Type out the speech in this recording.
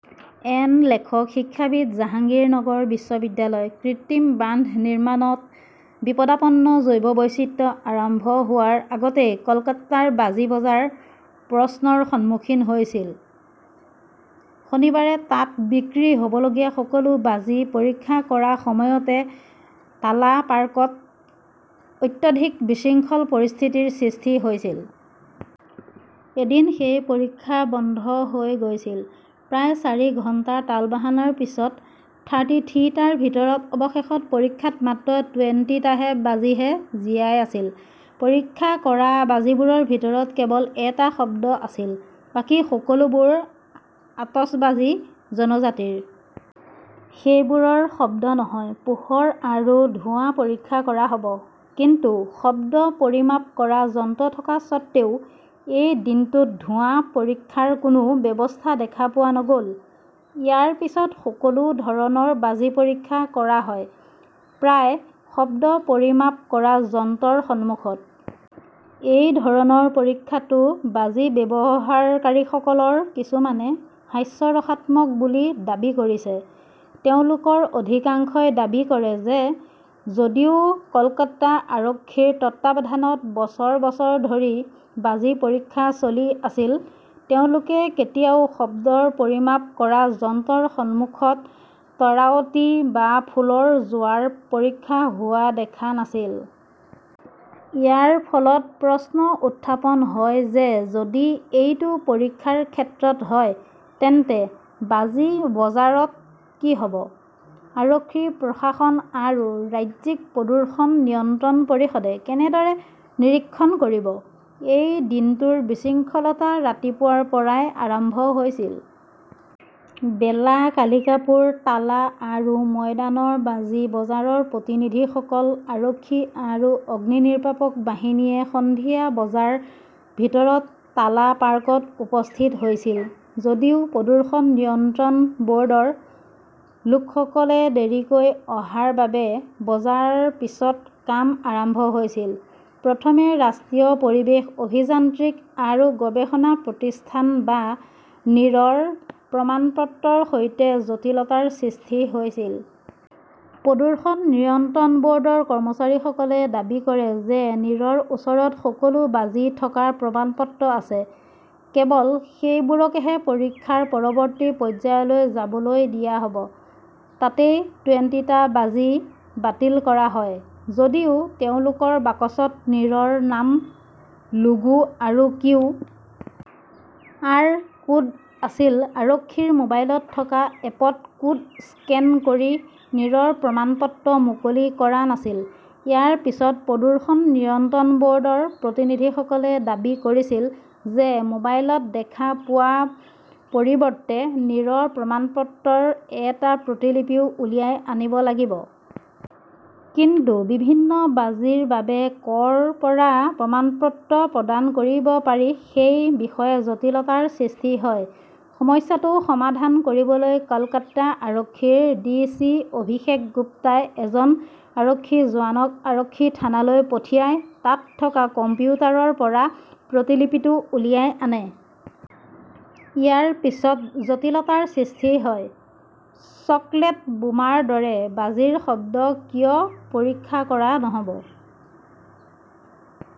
N লেখক শিক্ষাবিদ, জাহাংগীৰনগৰ বিশ্ববিদ্যালয়। কৃত্ৰিম বান্ধ নিৰ্মাণত বিপদাপন্ন জৈৱ বৈচিত্ৰ্য আৰম্ভ হোৱাৰ আগতেই কলকাতাৰ বাজি বজাৰ প্ৰশ্নৰ সন্মুখীন হৈছিল। শনিবাৰে তাত বিক্ৰী হʼবলগীয়া সকলো বাজি পৰীক্ষা কৰাৰ সময়তে টালা পাৰ্কত অত্যাধিক বিশৃংখল পৰিস্থিতিৰ সৃষ্টি হৈছিল। এদিন সেই পৰীক্ষা বন্ধ হৈ গৈছিল। প্ৰায় চাৰি ঘণ্টাৰ তালবাহনাৰ পিছত থাৰ্টি থ্ৰী টাৰ ভিতৰত অৱশেষত পৰীক্ষাত মাত্ৰ টুয়েণ্টি টাহে বাজিহে জীয়াই আছিল। পৰীক্ষা কৰা বাজিবোৰৰ ভিতৰত কেৱল এটা শব্দ আছিল। বাকী সকলোবোৰ আতচবাজী জনজাতিৰ। সেইবোৰৰ শব্দ নহয়, পোহৰ আৰু ধোঁৱা পৰীক্ষা কৰা হ 'ব। কিন্তু শব্দ পৰিমাপ কৰা যন্ত্ৰ থকা স্বত্বেও, এই দিনটোত ধোঁৱা পৰীক্ষাৰ কোনো ব্যৱস্থা দেখা পোৱা নগʼল! ইয়াৰ পিছত সকলো ধৰণৰ বাজি পৰীক্ষা কৰা হয়, প্ৰায় শব্দ পৰিমাপ কৰা যন্ত্ৰৰ সন্মুখত! এই ধৰণৰ পৰীক্ষাটো বাজি ব্যৱহাৰকাৰীসকলৰ কিছুমানে হাস্যৰসাত্মক বুলি দাবী কৰিছে। তেওঁলোকৰ অধিকাংশই দাবী কৰে যে যদিও কলকাতা আৰক্ষীৰ তত্বাৱধানত বছৰ বছৰ ধৰি বাজি পৰীক্ষা চলি আছিল, তেওঁলোকে কেতিয়াও শব্দ পৰিমাপ কৰা যন্ত্ৰৰ সন্মুখত তৰাৱতী বা ফুলৰ জোৱাৰ পৰীক্ষা হোৱা দেখা নাছিল। ইয়াৰ ফলত প্ৰশ্ন উত্থাপন হয় যে যদি এইটো পৰীক্ষাৰ ক্ষেত্ৰত হয়, তেন্তে বাজি বজাৰত কি হ 'ব? আৰক্ষী-প্ৰশাসন আৰু ৰাজ্যিক প্ৰদূষণ নিয়ন্ত্ৰণ পৰিষদে কেনেদৰে নিৰীক্ষণ কৰিব? এই দিনটোৰ বিশৃংখলতা ৰাতিপুৱাৰ পৰাই আৰম্ভ হৈছিল। বেলা, কালিকাপুৰ, টালা আৰু ময়দানৰ বাজি বজাৰৰ প্ৰতিনিধিসকল, আৰক্ষী আৰু অগ্নিনিৰ্বাপক বাহিনীয়ে সন্ধিয়া বজাৰ ভিতৰত টালা পাৰ্কত উপস্থিত হৈছিল যদিও প্ৰদূষণ নিয়ন্ত্ৰণ ব'ৰ্ডৰ লোকসকলে দেৰিকৈ অহাৰ বাবে বজাৰ পিছত কাম আৰম্ভ হৈছিল। প্ৰথমে ৰাষ্ট্ৰীয় পৰিৱেশ অভিযান্ত্ৰিক আৰু গৱেষণা প্ৰতিষ্ঠান বা নিৰৰ প্ৰমাণপত্ৰৰ সৈতে জটিলতাৰ সৃষ্টি হৈছিল। প্ৰদূষণ নিয়ন্ত্ৰণ বৰ্ডৰ কৰ্মচাৰীসকলে দাবী কৰে যে নিৰৰ ওচৰত সকলো বাজি থকাৰ প্ৰমাণপত্ৰ আছে, কেৱল সেইবোৰকহে পৰীক্ষাৰ পৰৱৰ্তী পৰ্যায়লৈ যাবলৈ দিয়া হ'ব। তাতেই টুয়েণ্টি টা বাজি বাতিল কৰা হয়। যদিও তেওঁলোকৰ বাকচত নিৰৰ নামৰ লোগো আৰু কিউ. আৰ. কোড আছিল, আৰক্ষীৰ মোবাইলত থকা এপত কোড স্কেন কৰি নিৰৰ প্ৰমাণপত্ৰ মুকলি কৰা নাছিল। ইয়াৰ পিছত প্ৰদূষণ নিয়ন্ত্ৰণ ব'ৰ্ডৰ প্ৰতিনিধিসকলে দাবী কৰিছিল যে মোবাইলত দেখা পোৱাৰ পৰিৱৰ্তে নিৰৰ প্ৰমাণপত্ৰৰ এটা প্ৰতিলিপিও উলিয়াই আনিব লাগিব। কিন্তু বিভিন্ন বাজিৰ বাবে কʼৰ পৰা প্ৰমাণপত্ৰ প্ৰদান কৰিব পাৰি সেই বিষয়ে জটিলতাৰ সৃষ্টি হয়। সমস্যাটো সমাধান কৰিবলৈ কলকাতা আৰক্ষীৰ ডি. চি. অভিষেক গুপ্তাই এজন আৰক্ষী জোৱানক আৰক্ষী থানালৈ পঠিয়াই তাত থকা কম্পিউটাৰৰ পৰা প্ৰতিলিপিটো উলিয়াই আনে। ইয়াৰ পিছত জটিলতাৰ সৃষ্টি হয়, চকলেট বোমাৰ দৰে বাজিৰ শব্দ কিয় পৰীক্ষা কৰা নহ 'ব।